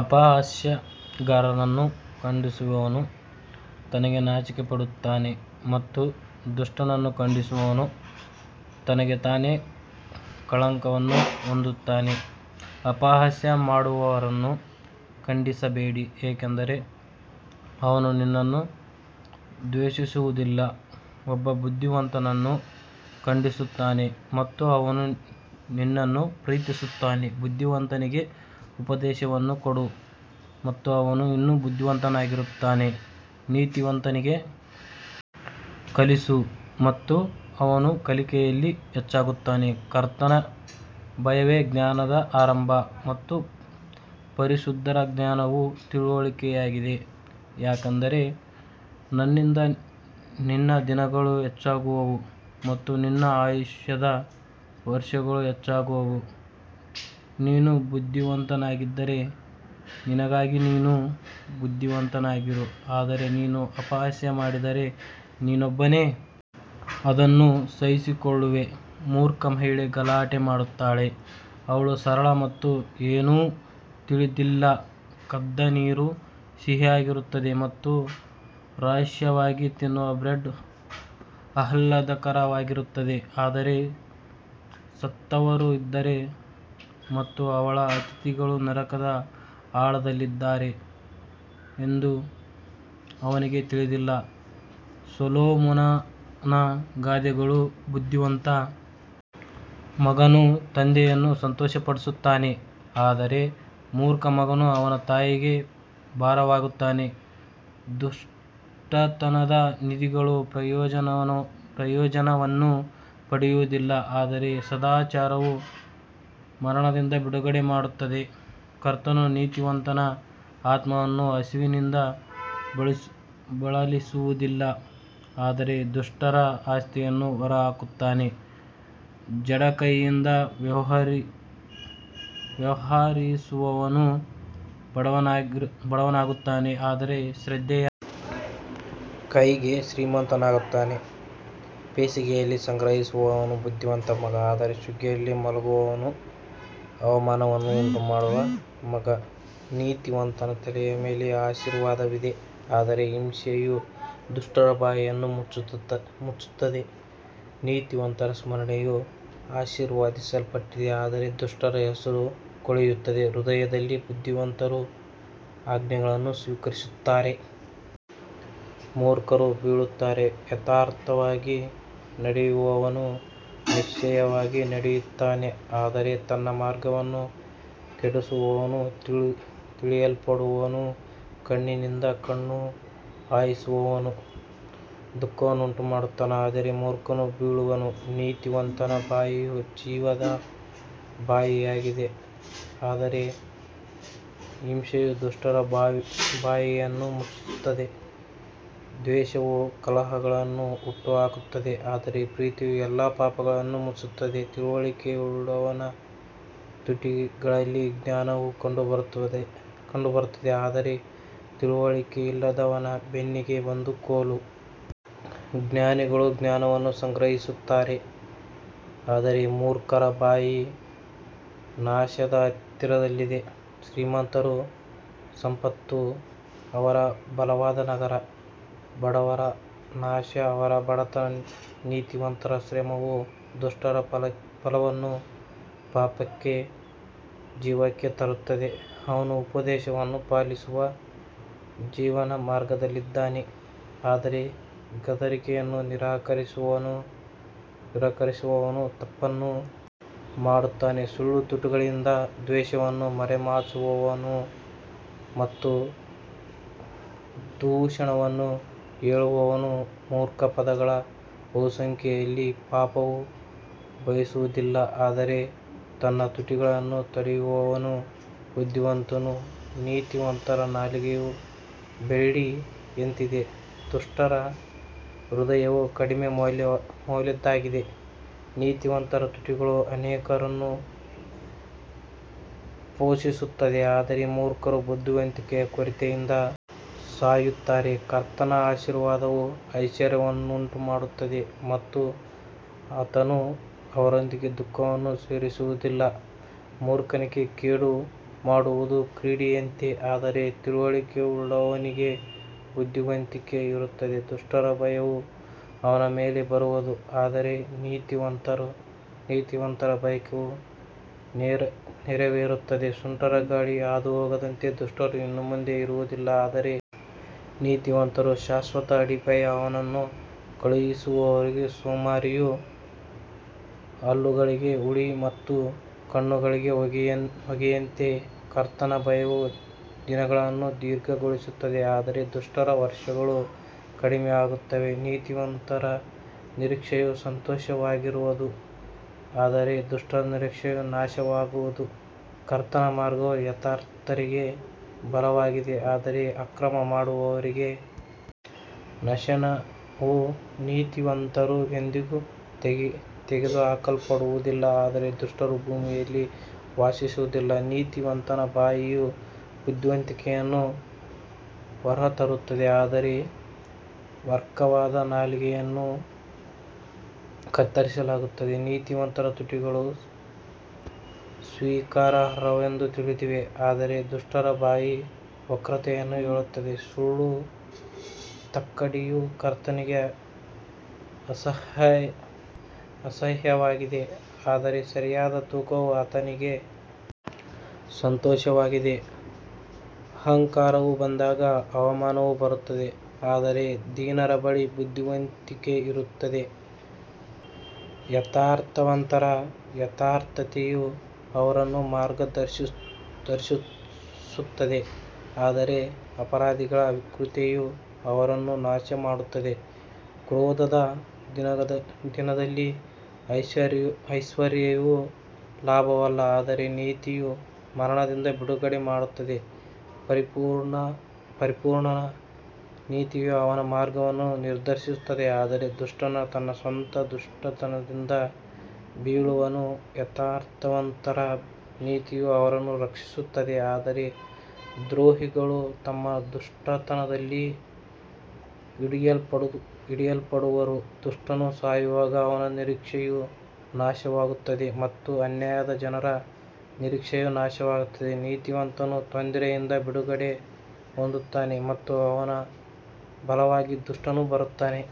ಅಪಹಾಸ್ಯಗಾರನನ್ನು ಖಂಡಿಸುವವನು ತನಗೆ ನಾಚಿಕೆಪಡುತ್ತಾನೆ ಮತ್ತು ದುಷ್ಟನನ್ನು ಖಂಡಿಸುವವನು ತನಗೆ ತಾನೇ ಕಳಂಕವನ್ನು ಹೊಂದುತ್ತಾನೆ ಅಪಹಾಸ್ಯ ಮಾಡುವವರನ್ನು ಖಂಡಿಸಬೇಡಿ, ಏಕೆಂದರೆ ಅವನು ನಿನ್ನನ್ನು ದ್ವೇಷಿಸುವುದಿಲ್ಲ, ಒಬ್ಬ ಬುದ್ಧಿವಂತನನ್ನು ಖಂಡಿಸುತ್ತಾನೆ ಮತ್ತು ಅವನು ನಿನ್ನನ್ನು ಪ್ರೀತಿಸುತ್ತಾನೆ. ಬುದ್ಧಿವಂತನಿಗೆ ಉಪದೇಶವನ್ನು ಕೊಡು ಮತ್ತು ಅವನು ಇನ್ನೂ ಬುದ್ಧಿವಂತನಾಗಿರುತ್ತಾನೆ, ನೀತಿವಂತನಿಗೆ ಕಲಿಸು ಮತ್ತು ಅವನು ಕಲಿಕೆಯಲ್ಲಿ ಹೆಚ್ಚಾಗುತ್ತಾನೆ ಕರ್ತನ ಭಯವೇ ಜ್ಞಾನದ ಆರಂಭ ಮತ್ತು ಪರಿಶುದ್ಧರ ಜ್ಞಾನವು ತಿಳುವಳಿಕೆಯಾಗಿದೆ ಯಾಕಂದರೆ ನನ್ನಿಂದ ನಿನ್ನ ದಿನಗಳು ಹೆಚ್ಚಾಗುವವು ಮತ್ತು ನಿನ್ನ ಆಯುಷ್ಯದ ವರ್ಷಗಳು ಹೆಚ್ಚಾಗುವವು ನೀನು ಬುದ್ಧಿವಂತನಾಗಿದ್ದರೆ ನಿನಗಾಗಿ ನೀನು ಬುದ್ಧಿವಂತನಾಗಿರು ಆದರೆ ನೀನು ಅಪಹಾಸ್ಯ ಮಾಡಿದರೆ ನೀನೊಬ್ಬನೇ ಅದನ್ನು ಸಹಿಸಿಕೊಳ್ಳುವೆ ಮೂರ್ಖ ಮಹಿಳೆ ಗಲಾಟೆ ಮಾಡುತ್ತಾಳೆ, ಅವಳು ಸರಳ ಮತ್ತು ಏನೂ ತಿಳಿದಿಲ್ಲ ಕದ್ದ ನೀರು ಸಿಹಿಯಾಗಿರುತ್ತದೆ ಮತ್ತು ರಹಸ್ಯವಾಗಿ ತಿನ್ನುವ ಬ್ರೆಡ್ ಆಹ್ಲಾದಕರವಾಗಿರುತ್ತದೆ ಆದರೆ ಸತ್ತವರು ಇದ್ದಾರೆ ಮತ್ತು ಅವಳ ಅತಿಥಿಗಳು ನರಕದ ಆಳದಲ್ಲಿದ್ದಾರೆ ಎಂದು ಅವನಿಗೆ ತಿಳಿದಿಲ್ಲ ಸೊಲೊಮೋನನ ಗಾದೆಗಳು ಬುದ್ಧಿವಂತ ಮಗನು ತಂದೆಯನ್ನು ಸಂತೋಷಪಡಿಸುತ್ತಾನೆ ಆದರೆ ಮೂರ್ಖ ಮಗನು ಅವನ ತಾಯಿಗೆ ಭಾರವಾಗುತ್ತಾನೆ ದುಷ್ಟತನದ ನಿಧಿಗಳು ಪ್ರಯೋಜನವನ್ನು ಪಡೆಯುವುದಿಲ್ಲ ಆದರೆ ಸದಾಚಾರವು ಮರಣದಿಂದ ಬಿಡುಗಡೆ ಮಾಡುತ್ತದೆ ಕರ್ತನು ನೀತಿವಂತನ ಆತ್ಮವನ್ನು ಹಸಿವಿನಿಂದ ಬಳಲಿಸುವುದಿಲ್ಲ ಆದರೆ ದುಷ್ಟರ ಆಸ್ತಿಯನ್ನು ಹೊರಹಾಕುತ್ತಾನೆ ಜಡ ಕೈಯಿಂದ ವ್ಯವಹರಿಸುವವನು ಬಡವನಾಗುತ್ತಾನೆ ಆದರೆ ಶ್ರದ್ಧೆಯ ಕೈ ಶ್ರೀಮಂತನಾಗುತ್ತಾನೆ ಬೇಸಿಗೆಯಲ್ಲಿ ಸಂಗ್ರಹಿಸುವವನು ಬುದ್ಧಿವಂತ ಮಗ ಆದರೆ ಸುಗ್ಗಿಯಲ್ಲಿ ಮಲಗುವವನು ಅವಮಾನವನ್ನು ಉಂಟುಮಾಡುವ ಮಗ ನೀತಿವಂತನ ತಲೆಯ ಮೇಲೆ ಆಶೀರ್ವಾದವಿದೆ ಆದರೆ ಹಿಂಸೆಯು ದುಷ್ಟರ ಬಾಯಿಯನ್ನು ಮುಚ್ಚುತ್ತದೆ ನೀತಿವಂತರ ಸ್ಮರಣೆಯು ಆಶೀರ್ವದಿಸಲ್ಪಟ್ಟಿದೆ ಆದರೆ ದುಷ್ಟರ ಹೆಸರು ಕೊಳೆಯುತ್ತದೆ ಹೃದಯದಲ್ಲಿ ಬುದ್ಧಿವಂತರು ಆಜ್ಞೆಗಳನ್ನು ಸ್ವೀಕರಿಸುತ್ತಾರೆ ಆದರೆ ಮೂರ್ಖರು ಬೀಳುತ್ತಾರೆ ಯಥಾರ್ಥವಾಗಿ ನಡೆಯುವವನು ನಿಶ್ಚಯವಾಗಿ ನಡೆಯುತ್ತಾನೆ ಆದರೆ ತನ್ನ ಮಾರ್ಗವನ್ನು ಕೆಡಿಸುವವನು ತಿಳಿಯಲ್ಪಡುವನು ಕಣ್ಣಿನಿಂದ ಕಣ್ಣು ಹಾಯಿಸುವವನು ದುಃಖವನ್ನುಂಟುಮಾಡುತ್ತಾನೆ, ಆದರೆ ಮೂರ್ಖನು ಬೀಳುವನು ನೀತಿವಂತನ ಬಾಯಿಯು ಜೀವದ ಬಾವಿಯಾಗಿದೆ ಆದರೆ ಹಿಂಸೆಯು ದುಷ್ಟರ ಬಾಯಿಯನ್ನು ಮುಚ್ಚುತ್ತದೆ ದ್ವೇಷವು ಕಲಹಗಳನ್ನು ಹುಟ್ಟುಹಾಕುತ್ತದೆ ಆದರೆ ಪ್ರೀತಿಯು ಎಲ್ಲಾ ಪಾಪಗಳನ್ನು ಮುಚ್ಚುತ್ತದೆ ತಿಳುವಳಿಕೆಯುಳ್ಳವನ ತುಟಿಗಳಲ್ಲಿ ಜ್ಞಾನವು ಕಂಡುಬರುತ್ತದೆ ಆದರೆ ತಿಳುವಳಿಕೆಯಿಲ್ಲದವನ ಬೆನ್ನಿಗೆ ಒಂದು ಕೋಲು. ಜ್ಞಾನಿಗಳು ಜ್ಞಾನವನ್ನು ಸಂಗ್ರಹಿಸುತ್ತಾರೆ ಆದರೆ ಮೂರ್ಖರ ಬಾಯಿ ನಾಶದ ಹತ್ತಿರದಲ್ಲಿದೆ ಶ್ರೀಮಂತರ ಸಂಪತ್ತು ಅವರ ಬಲವಾದ ನಗರ, ಬಡವರ ನಾಶ ಅವರ ಬಡತನ ನೀತಿವಂತರ ಶ್ರಮವು ದುಷ್ಟರ ಫಲವನ್ನು ಪಾಪಕ್ಕೆ ಜೀವಕ್ಕೆ ತರುತ್ತದೆ ಅವನು ಉಪದೇಶವನ್ನು ಪಾಲಿಸುವ ಜೀವನ ಮಾರ್ಗದಲ್ಲಿದ್ದಾನೆ ಆದರೆ ಗದರಿಕೆಯನ್ನು ನಿರಾಕರಿಸುವವನು ತಪ್ಪನ್ನು ಮಾಡುತ್ತಾನೆ ಸುಳ್ಳು ತುಟಿಗಳಿಂದ ದ್ವೇಷವನ್ನು ಮರೆಮಾಚುವವನು ಮತ್ತು ದೂಷಣೆಯನ್ನು ಹೇಳುವವನು ಮೂರ್ಖ ಪದಗಳ ಬಹುಸಂಖ್ಯೆಯಲ್ಲಿ ಪಾಪವು ಬಯಸುವುದಿಲ್ಲ ಆದರೆ ತನ್ನ ತುಟಿಗಳನ್ನು ತಡೆಯುವವನು ಬುದ್ಧಿವಂತನು ನೀತಿವಂತರ ನಾಲಿಗೆಯು ಬೆಳ್ಳಿಯಂತಿದೆ, ದುಷ್ಟರ ಹೃದಯವು ಕಡಿಮೆ ಮೌಲ್ಯದ್ದಾಗಿದೆ ನೀತಿವಂತರ ತುಟಿಗಳು ಅನೇಕರನ್ನು ಪೋಷಿಸುತ್ತವೆ ಆದರೆ ಮೂರ್ಖರು ಬುದ್ಧಿವಂತಿಕೆಯ ಕೊರತೆಯಿಂದ ಸಾಯುತ್ತಾರೆ ಕರ್ತನ ಆಶೀರ್ವಾದವು ಐಶ್ವರ್ಯವನ್ನುಂಟುಮಾಡುತ್ತದೆ ಮತ್ತು ಆತನು ಅದರೊಂದಿಗೆ ದುಃಖವನ್ನು ಸೇರಿಸುವುದಿಲ್ಲ ಮೂರ್ಖನಿಗೆ ಕೇಡು ಮಾಡುವುದು ಕ್ರೀಡೆಯಂತೆ ಆದರೆ ತಿಳುವಳಿಕೆಯುಳ್ಳವನಿಗೆ ಬುದ್ಧಿವಂತಿಕೆ ಇರುತ್ತದೆ ದುಷ್ಟರ ಭಯವು ಅವನ ಮೇಲೆ ಬರುವದು ಆದರೆ ನೀತಿವಂತರ ಬಯಕೆಯು ನೆರವೇರುತ್ತದೆ ಸುಂಟರಗಾಳಿ ಹಾದುಹೋಗುವಂತೆ ದುಷ್ಟರು ಇನ್ನು ಮುಂದೆ ಇರುವುದಿಲ್ಲ ಆದರೆ ನೀತಿವಂತರು ಶಾಶ್ವತ ಅಡಿಪಾಯ ಅವನನ್ನು ಕಳುಹಿಸುವವರಿಗೆ ಸೋಮಾರಿಯು ಹಲ್ಲುಗಳಿಗೆ ಹುಳಿ ಮತ್ತು ಕಣ್ಣುಗಳಿಗೆ ಹೊಗೆಯಂತೆ ಕರ್ತನ ಭಯವು ದಿನಗಳನ್ನು ದೀರ್ಘಗೊಳಿಸುತ್ತದೆ ಆದರೆ ದುಷ್ಟರ ವರ್ಷಗಳು ಕಡಿಮೆಯಾಗುತ್ತವೆ ನೀತಿವಂತರ ನಿರೀಕ್ಷೆಯು ಸಂತೋಷವಾಗಿರುವದು ಆದರೆ ದುಷ್ಟರ ನಿರೀಕ್ಷೆಯು ನಾಶವಾಗುವುದು ಕರ್ತನ ಮಾರ್ಗವು ಯಥಾರ್ಥರಿಗೆ ಬಲವಾಗಿದೆ ಆದರೆ ಅಕ್ರಮ ಮಾಡುವವರಿಗೆ ನಾಶನವು ನೀತಿವಂತರು ಎಂದಿಗೂ ತೆಗೆದುಹಾಕಲ್ಪಡುವುದಿಲ್ಲ ಆದರೆ ದುಷ್ಟರು ಭೂಮಿಯಲ್ಲಿ ವಾಸಿಸುವುದಿಲ್ಲ ನೀತಿವಂತನ ಬಾಯಿಯು ಬುದ್ಧಿವಂತಿಕೆಯನ್ನು ಹೊರತರುತ್ತದೆ ಆದರೆ ವಕ್ರವಾದ ನಾಲಿಗೆಯನ್ನು ಕತ್ತರಿಸಲಾಗುತ್ತದೆ ನೀತಿವಂತರ ತುಟಿಗಳು ಸ್ವೀಕಾರಾರ್ಹವೆಂದು ತಿಳಿದಿವೆ ಆದರೆ ದುಷ್ಟರ ಬಾಯಿ ವಕ್ರತೆಯನ್ನು ಹೇಳುತ್ತದೆ ಸುಳ್ಳು ತಕ್ಕಡಿಯು ಕರ್ತನಿಗೆ ಅಸಹ್ಯವಾಗಿದೆ ಆದರೆ ಸರಿಯಾದ ತೂಕವು ಆತನಿಗೆ ಸಂತೋಷವಾಗಿದೆ ಅಹಂಕಾರವು ಬಂದಾಗ ಅವಮಾನವು ಬರುತ್ತದೆ ಆದರೆ ದೀನರ ಬಳಿ ಬುದ್ಧಿವಂತಿಕೆ ಇರುತ್ತದೆ ಯಥಾರ್ಥವಂತರ ಯಥಾರ್ಥತೆಯು ಅವರನ್ನು ಮಾರ್ಗದರ್ಶಿಸುತ್ತದೆ ಆದರೆ ಅಪರಾಧಿಗಳ ವಿಕೃತತೆಯು ಅವರನ್ನು ನಾಶಮಾಡುತ್ತದೆ ಕ್ರೋಧದ ದಿನದಲ್ಲಿ ಐಶ್ವರ್ಯವು ಲಾಭವಲ್ಲ ಆದರೆ ನೀತಿಯು ಮರಣದಿಂದ ಬಿಡುಗಡೆ ಮಾಡುತ್ತದೆ ಪರಿಪೂರ್ಣನ ನೀತಿಯು ಅವನ ಮಾರ್ಗವನ್ನು ನಿರ್ದೇಶಿಸುತ್ತದೆ ಆದರೆ ದುಷ್ಟನು ತನ್ನ ಸ್ವಂತ ದುಷ್ಟತನದಿಂದ ಬೀಳುವನು ಯಥಾರ್ಥವಂತರ ನೀತಿಯು ಅವರನ್ನು ರಕ್ಷಿಸುತ್ತದೆ ಆದರೆ ದ್ರೋಹಿಗಳು ತಮ್ಮ ದುಷ್ಟತನದಲ್ಲಿ ಹಿಡಿಯಲ್ಪಡುವರು ದುಷ್ಟನು ಸಾಯುವಾಗ ಅವನ ನಿರೀಕ್ಷೆಯು ನಾಶವಾಗುತ್ತದೆ ಮತ್ತು ಅನ್ಯಾಯದ ಜನರ ನಿರೀಕ್ಷೆಯು ನಾಶವಾಗುತ್ತದೆ ನೀತಿವಂತನು ತೊಂದರೆಯಿಂದ ಬಿಡುಗಡೆ ಹೊಂದುತ್ತಾನೆ ಮತ್ತು ಅವನ ಬದಲಾಗಿ ದುಷ್ಟನು ಬರುತ್ತಾನೆ.